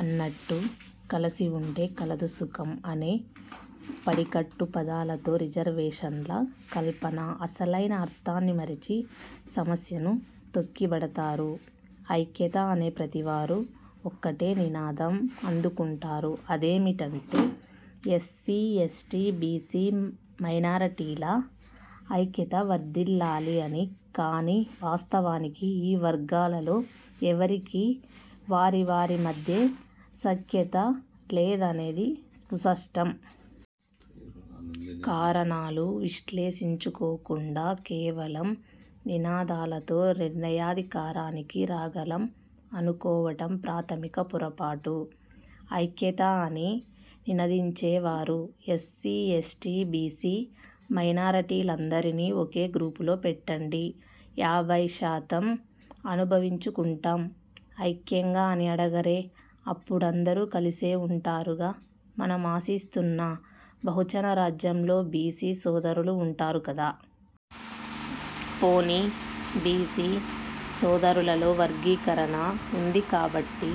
అన్నట్టు కలసి ఉంటె కలదు సుఖం అనే పడికట్టు పదాలతో రిజర్వేషన్ల కల్పన అసలైన అర్థాన్ని మరచి సమస్యను తొక్కిపడతారు. ఐక్యత అనే ప్రతి వారు ఒకటే నినాదం అందుకుంటారు అదేమిటంటే 'ఎస్సీ, ఎస్టీ, బీసీ మైనారిటీల ఐక్యత వర్ధిల్లాలి' అని. కానీ వాస్తవానికి ఈ వర్గాల్లో ఎవ్వరికీ వారి వారి మధ్యే సఖ్యత లేదనేది సుస్పష్టం. కారణాలు విశ్లేషించుకోకుండా కేవలం నినాదాలతో నిర్ణయాధికారానికి రాగలం అనుకోవడం ప్రాథమిక పొరపాటు. ఐక్యత అని నినదించేవారు ఎస్సీ, ఎస్టీ, బీసీ మైనారిటీలందరినీ ఒకే గ్రూపులో పెట్టండి, యాభైశాతం అనుభవించుకుంటాం ఐక్యంగా అని అడగరే? అప్పుడు అందరూ కలిసే ఉంటారుగా. మనం ఆశిస్తున్న బహుజనరాజ్యంలో బీసీ సోదరులు ఉంటారు కదా? పోనీ బీసీ సోదరులలో వర్గీకరణ ఉంది కాబట్టి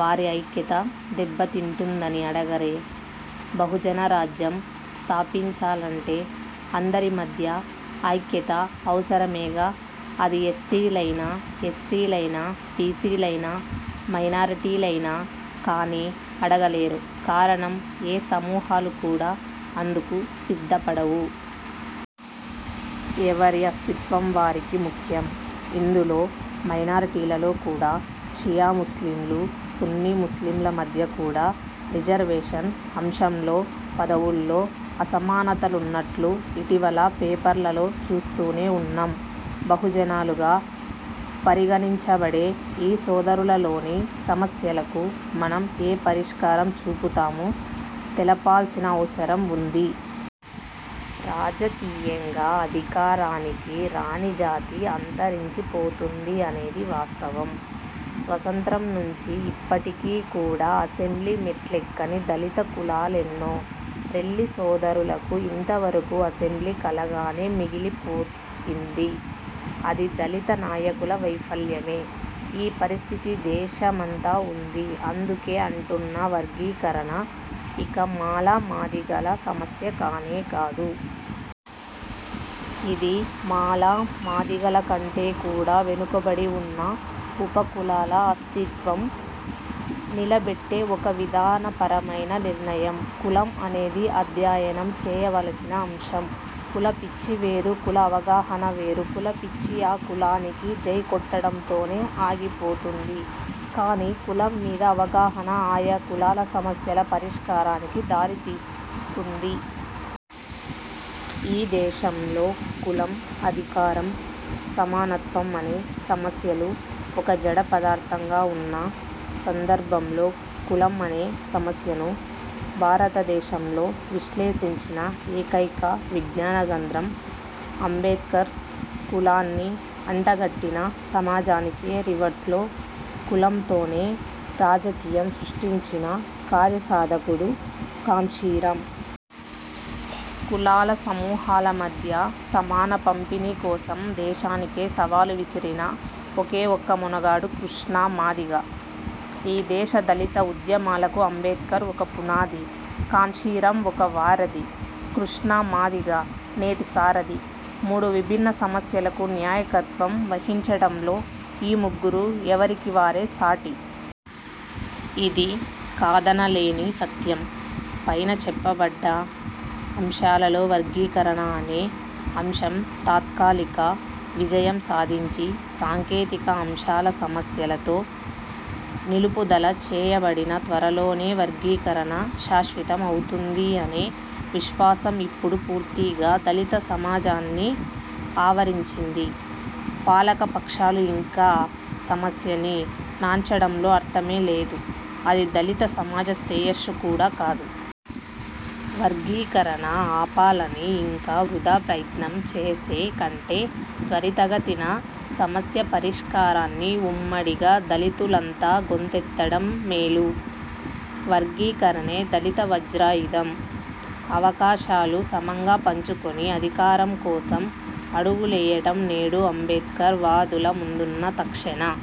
వారి ఐక్యత దెబ్బతింటుంది అని అడగరే? బహుజన రాజ్యం స్థాపించాలంటే అందరి మధ్య ఐక్యత అవసరమేగా. అది ఎస్సీ లైనా, ఎస్టీ లైనా, బీసీలైనా, మైనారిటీ లైనా. కానీ అడగలేరు కారణం ఏ సమూహాలు కూడా అందుకు సిద్ధపడవు. ఎవరి అస్తిత్వం వారికి ముఖ్యం. ఇందులో మైనారిటీలలో కూడా షియా ముస్లింలు, సున్నీ ముస్లిం ల మధ్య కూడా రిజర్వేషన్ అంశంలో పదవుల్లో అసమానతలున్నట్టు ఇటీవల పేపర్లలో చూస్తూనే ఉన్నాం. బహుజనులుగా పరిగణించబడే ఈ సోదరులలోని సమస్యలకు మనం ఏ పరిష్కారం చూపుతామో తెలపాల్సిన అవసరం ఉంది. రాజకీయంగా అధికారానికి రాని జాతి అంతరించిపోతుంది అనేది వాస్తవం. స్వతంత్రం నుంచి ఇప్పటికీ కూడా అసెంబ్లీ మెట్లెక్కని దళిత కులాలు ఎన్నో. రెల్లి సోదరులకు ఇంతవరకు అసెంబ్లీ కలగానే మిగిలిపోయింది. అది దళిత నాయకుల వైఫల్యమే. ఈ పరిస్థితి దేశమంతా ఉంది. అందుకే అంటున్నా వర్గీకరణ ఇక మాల మాదిగల సమస్య కానేకాదు. ఇది మాల మాదిగలకంటే కూడా వెనకబడి ఉన్న ఉపకులాల అస్తిత్వం నిలబెట్టే ఒక విధాన పరమైన నిర్ణయం. కులం అనేది అధ్యయనం చేయవలసిన అంశం. 'కుల పిచ్చి' వేరు, 'కుల అవగాహన' వేరు. కుల పిచ్చి ఆ కులానికి జై కొట్టడంతోనే ఆగిపోతుంది. కానీ కులం మీద అవగాహన ఆయా కులాల సమస్యల పరిష్కారానికి దారితీస్తుంది. ఈ దేశంలో కులం, అధికారం, సమానత్వం అనే సమస్యలు ఒక జడ పదార్థంగా ఉన్న సందర్భంలో కులం అనే సమస్యను భారతదేశం లో విశ్లేషించిన ఏకైక విజ్ఞాన గ్రంథం అంబేడ్కర్. కులాన్ని అంటగట్టిన సమాజానికే రివర్స్ లో కులం తోనే రాజకీయం సృష్టించిన కార్యసాధకుడు కాన్షీరాం. కులాల సమూహల మధ్య సమాన పంపిణీ కోసం దేశానికే సవాలు విసిరిన ఒకేఒక్క మొనగాడు కృష్ణ మాదిగ. ఈ దేశ దళిత ఉద్యమాలకు అంబేడ్కర్ ఒక పునాది. కాన్షీరాం ఒక వారధి. కృష్ణ మాదిగ నేటి సారథి. మూడు విభిన్న సమస్యలకు నాయకత్వం వహించడంలో ఈ ముగ్గురు ఎవరికివారే సాటి. ఇది కాదనలేని సత్యం. పైన చెప్పబడ్డ అంశాలలో వర్గీకరణ అనే అంశం తాత్కాలిక విజయం సాధించి సాంకేతిక అంశాల సమస్యలతో నిలుపుదల చేయబడినా త్వరలోనే వర్గీకరణ శాశ్వతం అవుతుంది అనే విశ్వాసం ఇప్పుడు పూర్తిగా దళిత సమాజాన్ని ఆవరించింది. పాలక పక్షాలు ఇంకా సమస్యని నాన్చడంలో అర్థమే లేదు, అది దళిత సమాజ శ్రేయస్సు కూడా కాదు. వర్గీకరణ ఆపాలని ఇంకా వృథా ప్రయత్నం చేసే కంటే త్వరితగతిన సమస్య పరిష్కారానికి ఉమ్మడిగా దళితులంతా గొంతెత్తడం మేలు. వర్గీకరణే దళిత వజ్రాయుధం. అవకాశాలు సమంగా పంచుకొని, అధికారం కోసం అడుగులెయ్యడం నేడు అంబేడ్కర్ వాదుల ముందున్న తక్షణ